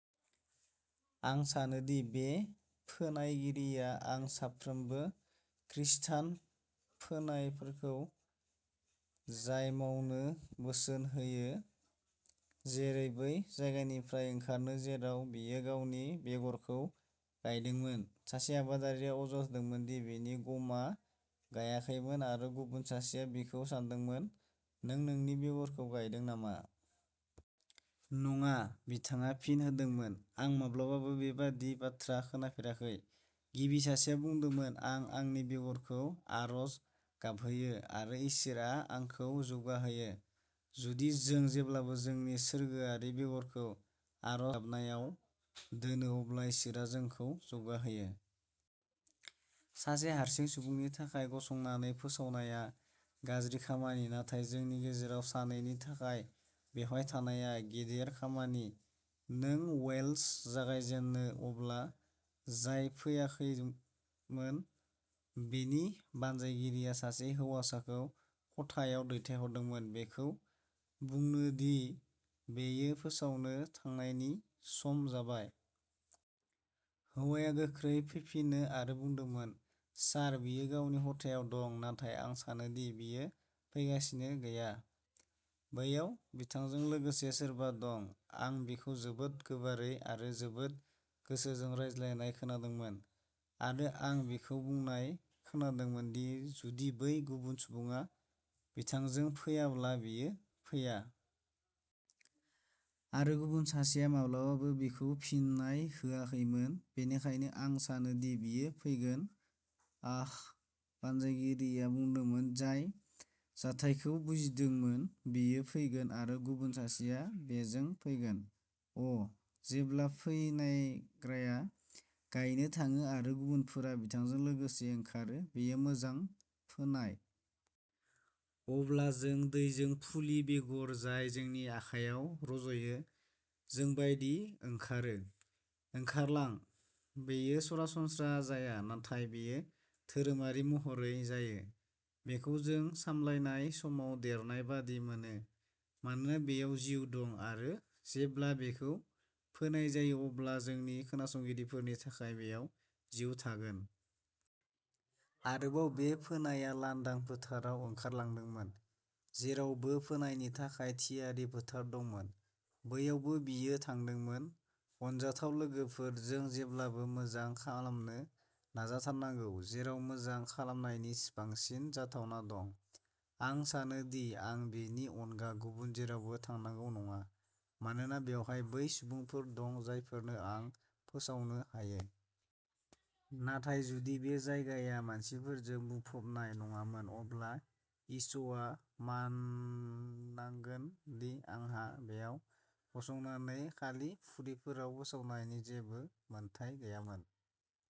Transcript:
आं सानो दि बे फोनायगिरिया आं साफ्रोमबो खृस्टान फोनायफोरखौ जाय मावनो बोसोन होयो, जेरै, बै जायगानिफ्राय ओंखारनो जेराव बियो गावनि बेगरखौ गायदोंमोन। सासे आबादारिया अजद होदोंमोन दि बिनि गमआ गायाखैमोन आरो गुबुन सासेया बिखौ सोंदोंमोन, "नों नोंनि बेगरखौ गायदों नामा? " "नङा", बिथाङा फिन होदोंमोन, "आं माब्लाबाबो बेबादि बाथ्रा खोनाफेराखै। " गिबि सासेया बुंदोंमोन, "आं आंनि बेगरखौ आर'ज गाबहोयो आरो इसोरआ आंखौ जौगाहोयो। " जुदि जों जेब्लाबो जोंनि सोरगोआरि बेगरखौ आर'ज गाबनायाव दोनो, अब्ला इसोरआ जोंखौ जौगाहोयो। सासे हारसिं सुबुंनि थाखाय गसंनानै फोसावनाया गाज्रि खामानि, नाथाय जोंनि गेजेराव सानैनि थाखाय बेवहाय थानाया गेदेर खामानि। नों वेल्श फोसावगिरिनि सल'खौ खोनादों। जेब्ला सिबिथाया जागायजेनो अब्ला जाय फैयाखैमोन, बिनि बानजायगिरिया सासे हौवासाखौ खथायाव दैथायहरदोंमोन बेखौ बुंनो दि बेयो फोसावनो थांनायनि सम जाबाय। हौवाया गोख्रै फैफिनो आरो बुंदोंमोन, "सार, बियो गावनि खथायाव दं, नाथाय आं सानो दि बियो फैगासिनो गैया। बैयाव बिथांजों लोगोसे सोरबा दं। आं बिखौ जोबोद गोबारै आरो जोबोद गोसोजों रायज्लायनाय खोनादोंमोन, आरो आं बिखौ बुंनाय खोनादोंमोन दि जुदि बै गुबुन सुबुङा बिथांजों फैयाब्ला, बियो फैया! आरो गुबुन सासेया माब्लाबाबो बिखौ फिननाय होआखैमोन, बेनिखायनो आं सानो दि बियो फैगोन। " "आह", बानजायगिरिया बुंदोंमोन, जाय जाथायखौ बुजिदोंमोन, "बियो फैगोन आरो गुबुन सासेआ बेजों फैगोन! " अ, जेब्ला फोनायग्राया गायनो थाङो आरो गुबुनफोरा बिथांजों लोगोसे ओंखारो, बेयो मोजां फोनाय! अब्ला जों दैजों फुलि, बेगर जाय जोंनि आखायाव रज'यो, जों बायदि ओंखारो! ओंखारलां! बेयो सरासनस्रा जाया, नाथाय बेयो धोरोमारि महरै जायो। बेखौ जों सामलायनाय समाव देरनाय बादि मोनो, मानोना बेयाव जिउ दं-आरो जेब्ला बेखौ फोनाय जायो, अब्ला जोंनि खोनासंगिरिफोरनि थाखाय बेयाव जिउ थागोन! आरोबाव, बे फोनायआ लांदां फोथाराव ओंखारलांदोंमोन। जेरावबो फोनायनि थाखाय थियारि फोथार दंमोन, बैयावबो बियो थांदोंमोन। अनजाथाव लोगोफोर, जों जेब्लाबो मोजां खालामनो नाजाथारनांगौ जेराव मोजां खालामनायनि बांसिन जाथावना दं। आं सानो दि आं बेनि अनगा गुबुन जेरावबो थांनांगौ नङा, मानोना बेवहाय बै सुबुंफोर दं जायफोरनो आं फोसावनो हायो। नाथाय जुदि बे जायगाया मानसिफोरजों बुंफबनाय नङामोन, अब्ला इश'आ मोननांगोन दि आंहा बेयाव गसंनानै खालि फुख्रिफोराव फोसावनायनि जेबो मोनथाय गैयामोन।